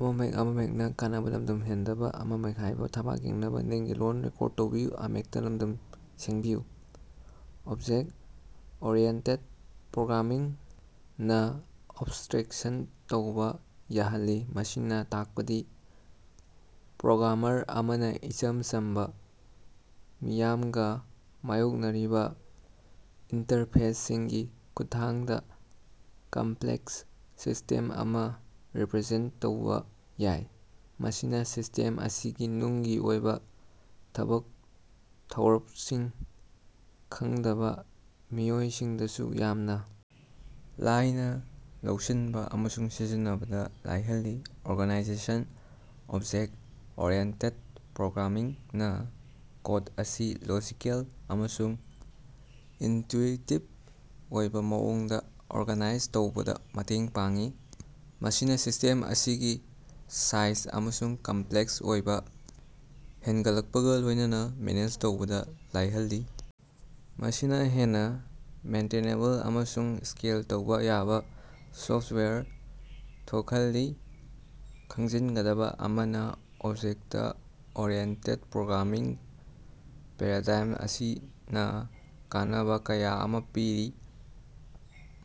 Object oriented programming ꯅ abstraction ꯇꯧꯕ ꯌꯥꯍꯜꯂꯤ, ꯃꯁꯤꯅ ꯇꯥꯛꯄꯗꯤ ꯄ꯭ꯔꯣꯒ꯭ꯔꯥꯃꯔ ꯑꯃꯅ ꯏꯆꯝ ꯆꯝꯕ, ꯃꯤꯌꯥꯝꯒ ꯃꯥꯌꯣꯛꯅꯔꯤꯕ ꯏꯟꯇꯔꯐꯦꯁꯁꯤꯡꯒꯤ ꯈꯨꯠꯊꯥꯡꯗ ꯀꯝꯄ꯭ꯂꯦꯛꯁ ꯁꯤꯁꯇꯦꯝ ꯑꯃ ꯔꯤꯄ꯭ꯔꯖꯦꯟꯇ ꯇꯧꯕ ꯌꯥꯏ꯫ ꯃꯁꯤꯅ ꯁꯤꯁ꯭ꯇꯦꯝ ꯑꯁꯤꯒꯤ ꯅꯨꯡꯒꯤ ꯑꯣꯏꯕ ꯊꯕꯛ ꯊꯧꯔꯞꯁꯤꯡ ꯈꯪꯗꯕ ꯃꯤꯑꯣꯏꯁꯤꯡꯗꯁꯨ ꯌꯥꯝꯅ ꯂꯥꯏꯅ ꯂꯧꯁꯤꯟꯕ ꯑꯃꯁꯨꯡ ꯁꯤꯖꯤꯟꯅꯕꯗ ꯂꯥꯏꯍꯜꯂꯤ꯫ ꯑꯣꯔꯒꯅꯥꯏꯖꯦꯁꯟ: ꯑꯣꯕꯖꯦꯛ ꯑꯣꯔꯤꯌꯦꯟꯇꯦꯗ ꯄ꯭ꯔꯣꯒ꯭ꯔꯥꯃꯤꯡ ꯅ ꯀꯣꯗ ꯑꯁꯤ ꯂꯣꯖꯤꯀꯦꯜ ꯑꯃꯁꯨꯡ ꯏꯟꯇ꯭ꯌꯨꯏꯇꯤꯕ ꯑꯣꯏꯕ ꯃꯑꯣꯡꯗ ꯑꯣꯔꯒꯅꯥꯏꯖ ꯇꯧꯕꯗ ꯃꯇꯦꯡ ꯄꯥꯡꯏ, ꯃꯁꯤꯅ ꯁꯤꯁ꯭ꯇꯦꯝ ꯑꯁꯤꯒꯤ ꯁꯥꯏꯖ ꯑꯃꯁꯨꯡ ꯀꯝꯄ꯭ꯂꯦꯛꯁ ꯑꯣꯏꯕ ꯍꯦꯟꯒꯠꯂꯛꯄꯒ ꯂꯣꯏꯅꯅ ꯃꯦꯅꯦꯖ ꯇꯧꯕꯗ ꯂꯥꯏꯍꯜꯂꯤ꯫ ꯃꯁꯤꯅ ꯍꯦꯟꯅ ꯃꯦꯟꯇꯅꯦꯕꯜ ꯑꯃꯁꯨꯡ ꯁ꯭ꯀꯦꯜ ꯇꯧꯕ ꯌꯥꯕ ꯁꯣꯐꯇꯋꯥꯌꯔ ꯊꯣꯛꯍꯜꯂꯤ꯫ ꯈꯪꯖꯤꯟꯒꯗꯕ ꯑꯃꯅ, ꯑꯣꯕꯖꯦꯛꯇ-ꯑꯣꯔꯤꯑꯦꯟꯇꯦꯗ ꯄ꯭ꯔꯣꯒ꯭ꯔꯥꯃꯤꯡ ꯄꯦꯔꯥꯗꯥꯏꯝ ꯑꯁꯤꯅ ꯀꯥꯟꯅꯕ ꯀꯌꯥ ꯑꯃ ꯄꯤꯔꯤ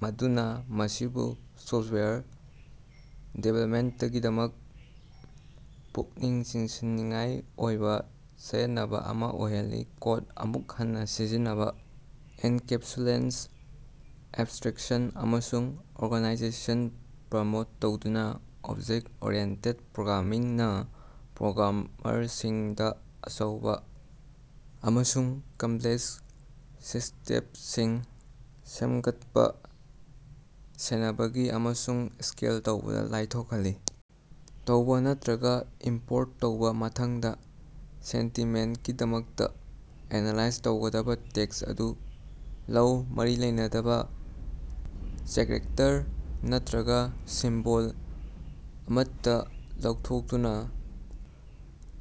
ꯃꯗꯨꯅ ꯃꯁꯤꯕꯨ ꯁꯣꯐꯇꯋꯥꯌꯔ ꯗꯤꯚꯦꯂꯞꯃꯦꯟꯇꯒꯤꯗꯃꯛꯇ ꯄꯨꯛꯅꯤꯡ ꯆꯤꯡꯁꯤꯟꯅꯤꯡꯉꯥꯏ ꯑꯣꯏꯕ ꯆꯌꯦꯠꯅꯕ ꯑꯃ ꯑꯣꯏꯍꯜꯂꯤ꯫ ꯀꯣꯗ ꯑꯃꯨꯛ ꯍꯟꯅ ꯁꯤꯖꯤꯟꯅꯕ, ꯑꯦꯟꯀꯦꯞꯁꯨꯂꯦꯁꯟ, ꯑꯦꯕꯁ꯭ꯇꯔꯦꯛꯁꯟ, ꯑꯃꯁꯨꯡ ꯑꯣꯔꯒꯅꯥꯏꯖꯦꯁꯟ ꯄ꯭ꯔꯃꯣꯠ ꯇꯧꯗꯨꯅ, ꯑꯣꯕꯖꯦꯛ ꯑꯣꯔꯤꯌꯦꯟꯇꯦꯗ ꯄ꯭ꯔꯣꯒ꯭ꯔꯥꯃꯤꯡ ꯅ ꯄ꯭ꯔꯣꯒ꯭ꯔꯥꯃꯔꯁꯤꯡꯗ ꯑꯆꯧꯕ ꯑꯃꯁꯨꯡ ꯀꯝꯄ꯭ꯂꯦꯛꯁ ꯁꯤꯁ꯭ꯇꯦꯞꯁꯤꯡ ꯁꯦꯝꯒꯠꯄ, ꯁꯦꯟꯅꯕꯒꯤ ꯑꯃꯁꯨꯡ ꯁ꯭ꯀꯦꯜ ꯇꯧꯕꯗ ꯂꯥꯏꯊꯣꯛꯍꯜꯂꯤ꯫। ꯇꯧꯕ ꯅꯠꯇ꯭ꯔꯒ ꯏꯝꯄ꯭ꯣꯔꯠ ꯇꯧꯕ꯫ ꯃꯊꯪꯗ, ꯁꯦꯟꯇꯤꯃꯦꯟꯇꯀꯤꯗꯃꯛꯇ ꯑꯦꯅꯂꯥꯏꯖ ꯇꯧꯒꯗꯕ ꯇꯦꯛꯁ ꯑꯗꯨ ꯂꯧ꯫ ꯃꯔꯤ ꯂꯩꯅꯗꯕ ꯆꯦꯛꯔꯦꯛꯇꯔ ꯅꯠꯇ꯭ꯔꯒ ꯁꯤꯝꯕꯣꯜ ꯑꯃꯠꯇ ꯂꯧꯊꯣꯛꯇꯨꯅ,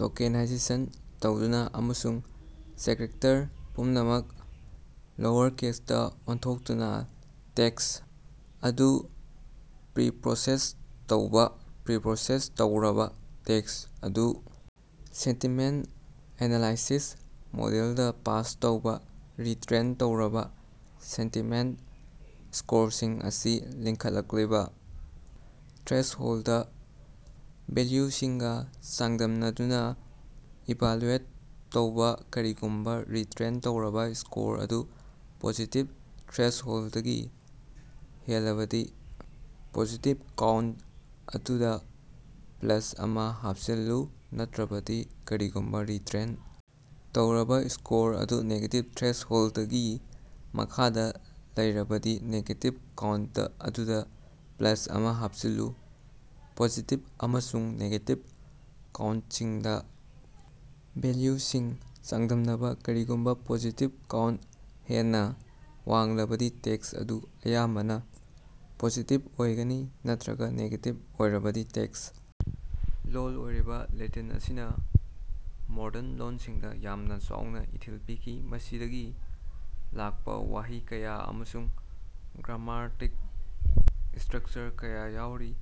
ꯇꯣꯀꯦꯅꯥꯏꯖꯦꯁꯟ ꯇꯧꯗꯨꯅ, ꯑꯃꯁꯨꯡ ꯆꯦꯛꯔꯦꯛꯇꯔ ꯄꯨꯝꯅꯃꯛ ꯂꯣꯋꯔꯀꯦꯁꯇ ꯑꯣꯟꯊꯣꯛꯇꯨꯅ ꯇꯦꯛꯁ ꯑꯗꯨ ꯄ꯭ꯔꯤꯄ꯭ꯔꯣꯁꯦꯁ ꯇꯧꯕ꯫ ꯄ꯭ꯔꯤꯄ꯭ꯔꯣꯁꯦꯁ ꯇꯧꯔꯕ ꯇꯦꯛꯁ ꯑꯗꯨ ꯁꯦꯟꯇꯤꯃꯦꯟꯇ ꯑꯦꯅꯂꯥꯏꯁꯤꯁ ꯃꯣꯗꯦꯜꯗ ꯄꯥꯁ ꯇꯧꯕ꯫ ꯔꯤꯇ꯭ꯔꯦꯟ ꯇꯧꯔꯕ ꯁꯦꯟꯇꯤꯃꯦꯟꯇ ꯁ꯭ꯀꯣꯔꯁꯤꯡ ꯑꯁꯤ ꯂꯤꯡꯈꯠꯂꯛꯂꯤꯕ ꯊ꯭ꯔꯦꯁꯍꯣꯜꯗ ꯚꯦꯂ꯭ꯌꯨꯁꯤꯡꯒ ꯆꯥꯡꯗꯝꯅꯗꯨꯅ ꯏꯚꯥꯂꯨꯑꯦꯠ ꯇꯧꯕ꯫ ꯀꯔꯤꯒꯨꯝꯕ ꯔꯤꯇ꯭ꯔꯦꯟ ꯇꯧꯔꯕ ꯁ꯭ꯀꯣꯔ ꯑꯗꯨ ꯄꯣꯖꯤꯇꯤꯚ ꯊ꯭ꯔꯦꯁꯍꯣꯜꯗꯇꯒꯤ ꯍꯦꯜꯂꯕꯗꯤ, ꯄꯣꯖꯤꯇꯤꯚ ꯀꯥꯎꯟꯇ ꯑꯗꯨꯗ ꯄ꯭ꯂꯁ ꯑꯃ ꯍꯥꯞꯆꯤꯜꯂꯨ꯫ ꯅꯠꯇ꯭ꯔꯕꯗꯤ, ꯀꯔꯤꯒꯨꯝꯕ ꯔꯤꯇ꯭ꯔꯦꯟ ꯇꯧꯔꯕ ꯁ꯭ꯀꯣꯔ ꯑꯗꯨ ꯅꯦꯒꯦꯇꯤꯚ ꯊ꯭ꯔꯦꯁꯍꯣꯜꯗꯀꯤ ꯃꯈꯥꯗ ꯂꯩꯔꯕꯗꯤ, ꯅꯦꯒꯦꯇꯤꯚ ꯀꯥꯎꯟꯇ ꯑꯗꯨꯗ ꯄ꯭ꯂꯁ ꯑꯃ ꯍꯥꯞꯆꯤꯜꯂꯨ꯫ ꯄꯣꯖꯤꯇꯤꯚ ꯑꯃꯁꯨꯡ ꯅꯦꯒꯦꯇꯤꯚ ꯀꯥꯎꯟꯇꯁꯤꯡꯗ ꯚꯦꯂ꯭ꯌꯨꯁꯤꯡ ꯆꯥꯡꯗꯝꯅꯕ꯫ ꯀꯔꯤꯒꯨꯝꯕ ꯄꯣꯖꯤꯇꯤꯚ ꯀꯥꯎꯟꯇ ꯍꯦꯟꯅ ꯋꯥꯡꯂꯕꯗꯤ ꯇꯦꯛꯁ ꯑꯗꯨ ꯑꯌꯥꯝꯕꯅ ꯄꯣꯖꯤꯇꯤꯚ ꯑꯣꯏꯒꯅꯤ ꯅꯠꯇ꯭ꯔꯒ ꯅꯦꯒꯦꯇꯤꯚ ꯑꯣꯏꯔꯕꯗꯤ ꯇꯦꯛꯁ ꯂꯣꯜ ꯑꯣꯏꯔꯤꯕ ꯂꯦꯇꯤꯟ ꯑꯁꯤꯅ ꯃꯣꯔꯗꯟ ꯂꯣꯟꯁꯤꯡꯗ ꯌꯥꯝꯅ ꯆꯥꯎꯅ ꯏꯊꯤꯜ ꯄꯤꯈꯤ, ꯃꯁꯤꯗꯒꯤ ꯂꯥꯛꯄ ꯋꯥꯍꯩ ꯀꯌꯥ ꯑꯃꯁꯨꯡ ꯒ꯭ꯔꯥꯃꯥꯔꯇꯤꯛ ꯁ꯭ꯇꯔꯛꯆꯔ ꯀꯌꯥ ꯌꯥꯎꯔꯤ꯫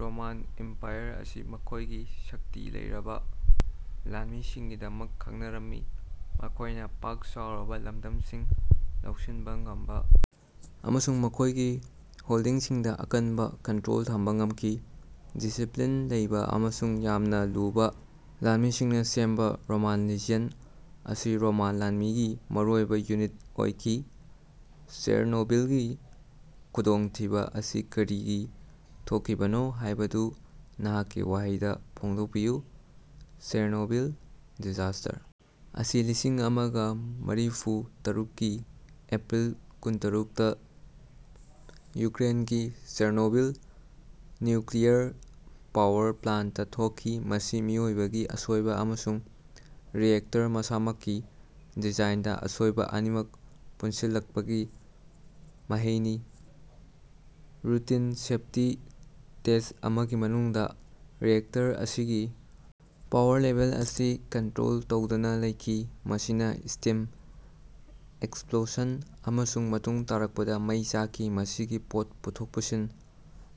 ꯔꯣꯃꯥꯟ ꯏꯝꯄꯥꯌꯔ ꯑꯁꯤ ꯃꯈꯣꯏꯒꯤ ꯁꯛꯇꯤ ꯂꯩꯔꯕ ꯂꯥꯟꯃꯤꯁꯤꯡꯒꯤꯗꯃꯛ ꯈꯪꯅꯔꯝꯃꯤ, ꯃꯈꯣꯏꯅ ꯄꯥꯛ ꯆꯥꯎꯔꯕ ꯂꯝꯗꯝꯁꯤꯡ ꯂꯧꯁꯤꯟꯕ ꯉꯝꯕ ꯑꯃꯁꯨꯡ ꯃꯈꯣꯏꯒꯤ ꯍꯣꯜꯗꯤꯡꯁꯤꯡꯗ ꯑꯀꯟꯕ ꯀꯟꯇ꯭ꯔꯣꯜ ꯊꯝꯕ ꯉꯝꯈꯤ꯫ ꯗꯤꯁꯤꯄ꯭ꯂꯤꯟ ꯂꯩꯕ ꯑꯃꯁꯨꯡ ꯌꯥꯝꯅ ꯂꯨꯕ ꯂꯥꯟꯃꯤꯁꯤꯡꯅ ꯁꯦꯝꯕ ꯔꯣꯃꯥꯟ ꯂꯤꯖ꯭ꯌꯟ ꯑꯁꯤ ꯔꯣꯃꯥꯟ ꯂꯥꯟꯃꯤꯒꯤ ꯃꯔꯨꯑꯣꯏꯕ ꯌꯨꯅꯤꯠ ꯑꯣꯏꯈꯤ꯫ ꯆꯦꯔꯅꯣꯕꯤꯜꯒꯤ ꯈꯨꯗꯣꯡꯊꯤꯕ ꯑꯁꯤ ꯀꯔꯤꯒꯤ ꯊꯣꯛꯈꯤꯕꯅꯣ ꯍꯥꯏꯕꯗꯨ ꯅꯍꯥꯛꯀꯤ ꯋꯥꯍꯩꯗ ꯐꯣꯡꯗꯣꯛꯄꯤꯌꯨ꯫ ꯆꯦꯔꯅꯣꯕꯤꯜ ꯗꯤꯖꯥꯁꯇꯔ ꯑꯁꯤ ꯂꯤꯁꯤꯡ ꯑꯃꯒ ꯃꯔꯤꯐꯨ ꯇꯔꯨꯛ ꯀꯤ ꯑꯦꯄ꯭ꯔꯤꯜ ꯀꯨꯟꯇꯔꯨꯛ ꯇ ꯌꯨꯀ꯭ꯔꯦꯟꯒꯤ ꯆꯦꯔꯅꯣꯕꯤꯜ ꯅ꯭ꯌꯨꯀ꯭ꯂꯤꯌꯔ ꯄꯥꯋꯔ ꯄ꯭ꯂꯥꯟꯇꯇ ꯊꯣꯛꯈꯤ꯫ ꯃꯁꯤ ꯃꯤꯑꯣꯏꯕꯒꯤ ꯑꯁꯣꯏꯕ ꯑꯃꯁꯨꯡ ꯔꯤꯑꯦꯛꯇꯔ ꯃꯁꯥꯃꯛꯀꯤ ꯗꯤꯖꯥꯏꯟꯗ ꯑꯁꯣꯏꯕ ꯑꯅꯤꯃꯛ ꯄꯨꯟꯁꯤꯜꯂꯛꯄꯒꯤ ꯃꯍꯩꯅꯤ꯫ ꯔꯨꯇꯤꯟ ꯁꯦꯐꯇꯤ ꯇꯦꯁꯠ ꯑꯃꯒꯤ ꯃꯅꯨꯡꯗ ꯔꯤꯑꯦꯛꯇꯔ ꯑꯁꯤꯒꯤ ꯄꯥꯋꯔ ꯂꯦꯚꯦꯜ ꯑꯁꯤ ꯀꯟꯇ꯭ꯔꯣꯜ ꯇꯧꯗꯅ ꯂꯩꯈꯤ, ꯃꯁꯤꯅ ꯁ꯭ꯇꯤꯝ ꯑꯦꯛꯁꯞꯂꯣꯁꯟ ꯑꯃꯁꯨꯡ ꯃꯇꯨꯡ ꯇꯥꯔꯛꯄꯗ ꯃꯩ ꯆꯥꯛꯈꯤ꯫ ꯃꯁꯤꯒꯤ ꯄꯣꯠ ꯄꯨꯊꯣꯛ ꯄꯨꯁꯤꯟ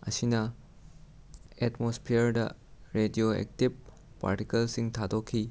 ꯑꯁꯤꯅ ꯑꯦꯠꯃꯣꯁꯐ꯭ꯌꯔꯗ ꯔꯦꯗꯤꯑꯣꯑꯦꯛꯇꯤꯚ ꯄꯥꯔꯇꯤꯀꯜꯁꯤꯡ ꯊꯥꯗꯣꯛꯈꯤ꯫